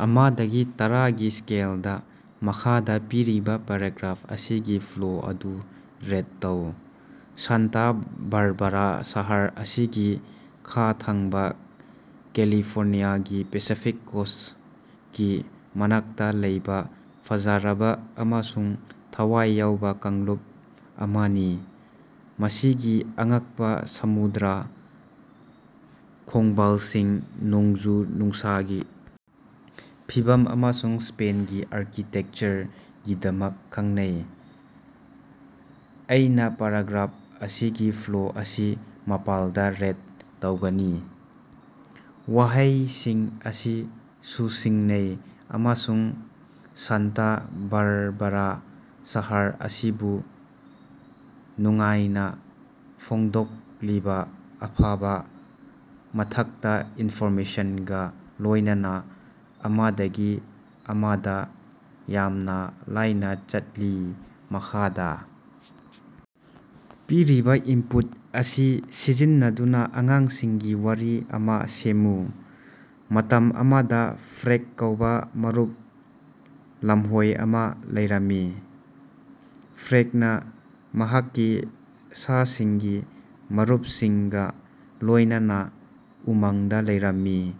ꯑꯃꯗꯒꯤ ꯇꯔꯥꯒꯤ ꯁ꯭ꯀꯦꯜꯗ ꯃꯈꯥꯗ ꯄꯤꯔꯤꯕ ꯄꯦꯔꯥꯒ꯭ꯔꯥꯐ ꯑꯁꯤꯒꯤ ꯐ꯭ꯂꯣ ꯑꯗꯨ ꯔꯦꯠ ꯇꯧ꯫ ꯁꯥꯟꯇ ꯕꯥꯔꯕꯥꯔꯥ ꯁꯍꯔ ꯑꯁꯤꯒꯤ ꯈꯥ ꯊꯪꯕꯥ ꯀꯦꯂꯤꯐꯣꯔꯅꯤꯌꯥꯒꯤ ꯄꯦꯁꯤꯐꯤꯛ ꯀꯣꯁ꯭ꯇꯀꯤ ꯃꯅꯥꯛꯇ ꯂꯩꯕ ꯐꯖꯔꯕ ꯑꯃꯁꯨꯡ ꯊꯋꯥꯏ ꯌꯥꯎꯕ ꯀꯥꯡꯂꯨꯞ ꯑꯃꯅꯤ꯫ ꯃꯁꯤꯒꯤ ꯑꯉꯛꯄ ꯁꯃꯨꯗ꯭ꯔ ꯈꯣꯡꯕꯥꯜꯁꯤꯡ ꯅꯣꯡꯖꯨ-ꯅꯨꯡꯁꯥꯒꯤ ꯐꯤꯕꯝ ꯑꯃꯁꯨꯡ ꯁ꯭ꯄꯦꯟꯒꯤ ꯑꯥꯔꯀꯤꯇꯦꯛꯆꯔꯒꯤꯗꯃꯛ ꯈꯡꯅꯩ꯫ ꯑꯩꯅꯥ ꯄꯦꯔꯥꯒ꯭ꯔꯥꯐ ꯑꯁꯤꯒꯤ ꯐ꯭ꯂꯣ ꯑꯁꯤ ꯃꯥꯄꯜꯗ ꯔꯦꯠ ꯇꯧꯒꯅꯤ꯫ ꯋꯥꯍꯩꯁꯤꯡ ꯑꯁꯤ ꯆꯨꯁꯤꯟꯅꯩ ꯑꯃꯁꯨꯡ ꯁꯥꯟꯇꯥ ꯕꯥꯔꯕꯥꯔꯥ ꯁꯍꯔ ꯑꯁꯤꯕꯨ ꯅꯨꯡꯉꯥꯏꯅ ꯐꯣꯡꯗꯣꯛꯂꯤꯕ ꯑꯐꯕꯥ ꯃꯊꯛꯇ ꯏꯟꯐꯣꯔꯃꯦꯁꯟꯒꯥ ꯂꯣꯢꯅꯅꯥ ꯑꯃꯗꯒꯤ ꯑꯃꯗ ꯌꯥꯝꯅ ꯂꯥꯏꯅ ꯆꯠꯂꯤ꯫ ꯃꯈꯥꯗ ꯄꯤꯔꯤꯕ ꯏꯟꯄꯨꯠ ꯑꯁꯤ ꯁꯤꯖꯤꯟꯅꯗꯨꯅ ꯑꯉꯥꯡꯁꯤꯡꯒꯤ ꯋꯥꯔꯤ ꯑꯃ ꯁꯦꯝꯃꯨ꯫ ꯃꯇꯝ ꯑꯃꯗ ꯐ꯭ꯔꯦꯗ ꯀꯧꯕꯥ ꯃꯔꯨꯞ ꯂꯝꯍꯨꯏ ꯑꯃ ꯂꯩꯔꯝꯃꯤ꯫ ꯐ꯭ꯔꯦꯗꯅ ꯃꯍꯥꯛꯀꯤ ꯁꯥ-ꯁꯟꯒꯤ ꯃꯔꯨꯞꯁꯤꯡꯒ ꯂꯣꯢꯅꯅꯥ ꯎꯃꯪꯗꯥ ꯂꯩꯔꯝꯃꯤ꯫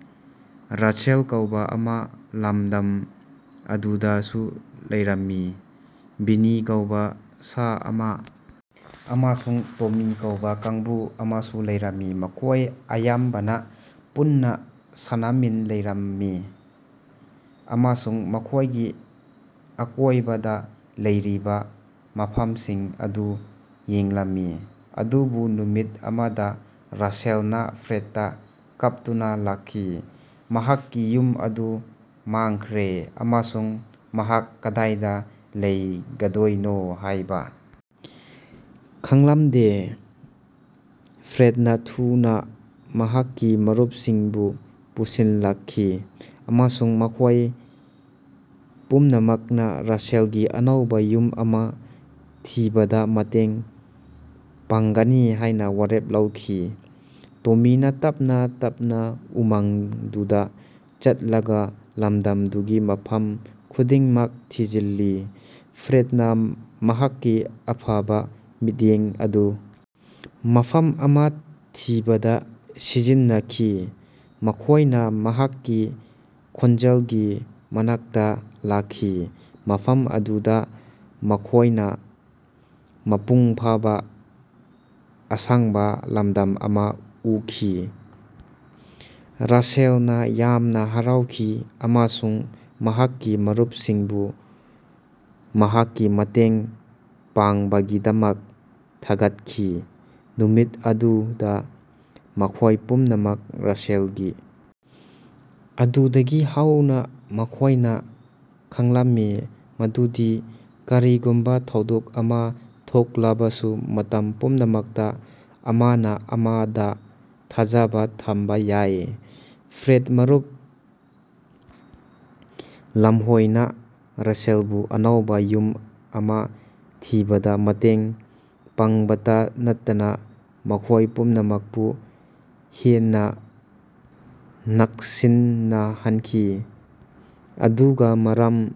ꯔꯦꯆꯦꯜ ꯀꯧꯕꯥ ꯑꯃ ꯂꯝꯗꯝ ꯑꯗꯨꯗꯁꯨ ꯂꯩꯔꯝꯃꯤ꯫ ꯕꯦꯅꯤ ꯀꯧꯕꯥ ꯁꯥ ꯑꯃ ꯑꯃꯁꯨꯡ ꯇꯣꯃꯤ ꯀꯧꯕꯥ ꯀꯥꯡꯕꯨ ꯑꯃꯁꯨ ꯂꯩꯔꯝꯃꯤ꯫ ꯃꯈꯣꯢ ꯑꯌꯥꯝꯕꯅ ꯄꯨꯟꯅꯥ ꯁꯥꯟꯅꯃꯤꯟꯅꯔꯝꯃꯤ ꯑꯃꯁꯨꯡ ꯃꯈꯣꯢꯒꯤ ꯑꯀꯣꯢꯕꯗ ꯂꯩꯔꯤꯕꯥ ꯃꯐꯝꯁꯤꯡ ꯑꯗꯨ ꯌꯦꯡꯂꯝꯃꯤ꯫ ꯑꯗꯨꯕꯨ ꯅꯨꯃꯤꯠ ꯑꯃꯗ ꯔꯦꯆꯦꯜꯅ ꯐ꯭ꯔꯦꯗꯇ ꯀꯞꯇꯨꯅ ꯂꯥꯛꯈꯤ꯫ ꯃꯍꯥꯛꯀꯤ ꯌꯨꯝ ꯑꯗꯨ ꯃꯥꯡꯈ꯭ꯔꯦ ꯑꯃꯁꯨꯡ ꯃꯍꯥꯛ ꯀꯗꯥꯏꯗ ꯂꯩꯒꯗꯣꯏꯅꯣ ꯍꯥꯢꯕ ꯈꯡꯂꯝꯗꯦ꯫ ꯐ꯭ꯔꯦꯗꯅ ꯊꯨꯅꯥ ꯃꯍꯥꯛꯀꯤ ꯃꯔꯨꯞꯁꯤꯡꯕꯨ ꯄꯨꯟꯁꯤꯜꯂꯛꯈꯤ ꯑꯃꯁꯨꯡ ꯃꯈꯣꯢ ꯄꯨꯝꯅꯃꯛꯅ ꯔꯦꯆꯦꯜꯒꯤ ꯑꯅꯧꯕ ꯌꯨꯝ ꯑꯃ ꯊꯤꯕꯗ ꯃꯇꯦꯡ ꯄꯥꯡꯒꯅꯤ ꯍꯥꯢꯅ ꯋꯥꯔꯦꯞ ꯂꯧꯈꯤ꯫ ꯇꯣꯃꯤꯅꯥ ꯇꯞꯅꯥ ꯇꯞꯅꯥ ꯎꯃꯪꯗꯨꯗ ꯆꯠꯂꯒ ꯂꯝꯗꯝꯗꯨꯒꯤ ꯃꯐꯝ ꯈꯨꯗꯤꯡꯃꯛ ꯊꯤꯖꯤꯜꯂꯤ꯫ ꯐ꯭ꯔꯦꯗꯅꯥ ꯃꯍꯥꯛꯀꯤ ꯑꯐꯕꯥ ꯃꯤꯠꯌꯦꯡ ꯑꯗꯨ ꯃꯐꯝ ꯑꯃ ꯊꯤꯕꯗ ꯁꯤꯖꯤꯟꯅꯈꯤ꯫ ꯃꯈꯣꯢꯅ ꯃꯍꯥꯛꯀꯤ ꯈꯣꯟꯖꯦꯜꯒꯤ ꯃꯅꯥꯛꯇ ꯂꯥꯛꯈꯤ ꯃꯐꯝ ꯑꯗꯨꯗ ꯃꯈꯣꯢꯅ ꯃꯄꯨꯡ ꯐꯥꯕ ꯑꯁꯪꯕꯥ ꯂꯝꯗꯝ ꯑꯃ ꯎꯈꯤ꯫ ꯔꯦꯆꯦꯜꯅ ꯌꯥꯝꯅ ꯍꯔꯥꯎꯈꯤ ꯑꯃꯁꯨꯡ ꯃꯍꯥꯛꯀꯤ ꯃꯔꯨꯞꯁꯤꯡꯕꯨ ꯃꯍꯥꯛꯀꯤ ꯃꯇꯦꯡ ꯄꯥꯡꯕꯒꯤꯗꯃꯛ ꯊꯥꯒꯠꯈꯤ꯫ ꯅꯨꯃꯤꯠ ꯑꯗꯨꯗꯥ ꯃꯈꯣꯏ ꯄꯨꯝꯅꯃꯛ ꯔꯦꯆꯦꯜꯒꯤ ꯑꯗꯨꯗꯒꯤ ꯍꯧꯅ ꯃꯈꯣꯢꯅ ꯈꯪꯂꯝꯃꯤ ꯃꯗꯨꯗꯤ ꯀꯔꯤꯒꯨꯝꯕ ꯊꯧꯗꯣꯛ ꯑꯃ ꯊꯣꯛꯂꯕꯁꯨ ꯃꯇꯝ ꯄꯨꯝꯅꯃꯛꯇ ꯑꯃꯅ ꯑꯃꯗ ꯊꯥꯖꯕ ꯊꯝꯕ ꯌꯥꯏ꯫ ꯐ꯭ꯔꯦꯗ ꯃꯔꯨꯞ ꯂꯝꯍꯨꯏꯅ ꯔꯦꯆꯦꯜꯕꯨ ꯑꯅꯧꯕ ꯌꯨꯝ ꯑꯃ ꯊꯤꯕꯗ ꯃꯇꯦꯡ ꯄꯥꯡꯕꯇ ꯅꯠꯇꯅ ꯃꯈꯣꯢ ꯄꯨꯝꯅꯃꯛꯄꯨ ꯍꯦꯟꯅ ꯅꯛꯁꯤꯟꯅꯍꯟꯈꯤ꯫ ꯑꯗꯨꯒ ꯃꯔꯝ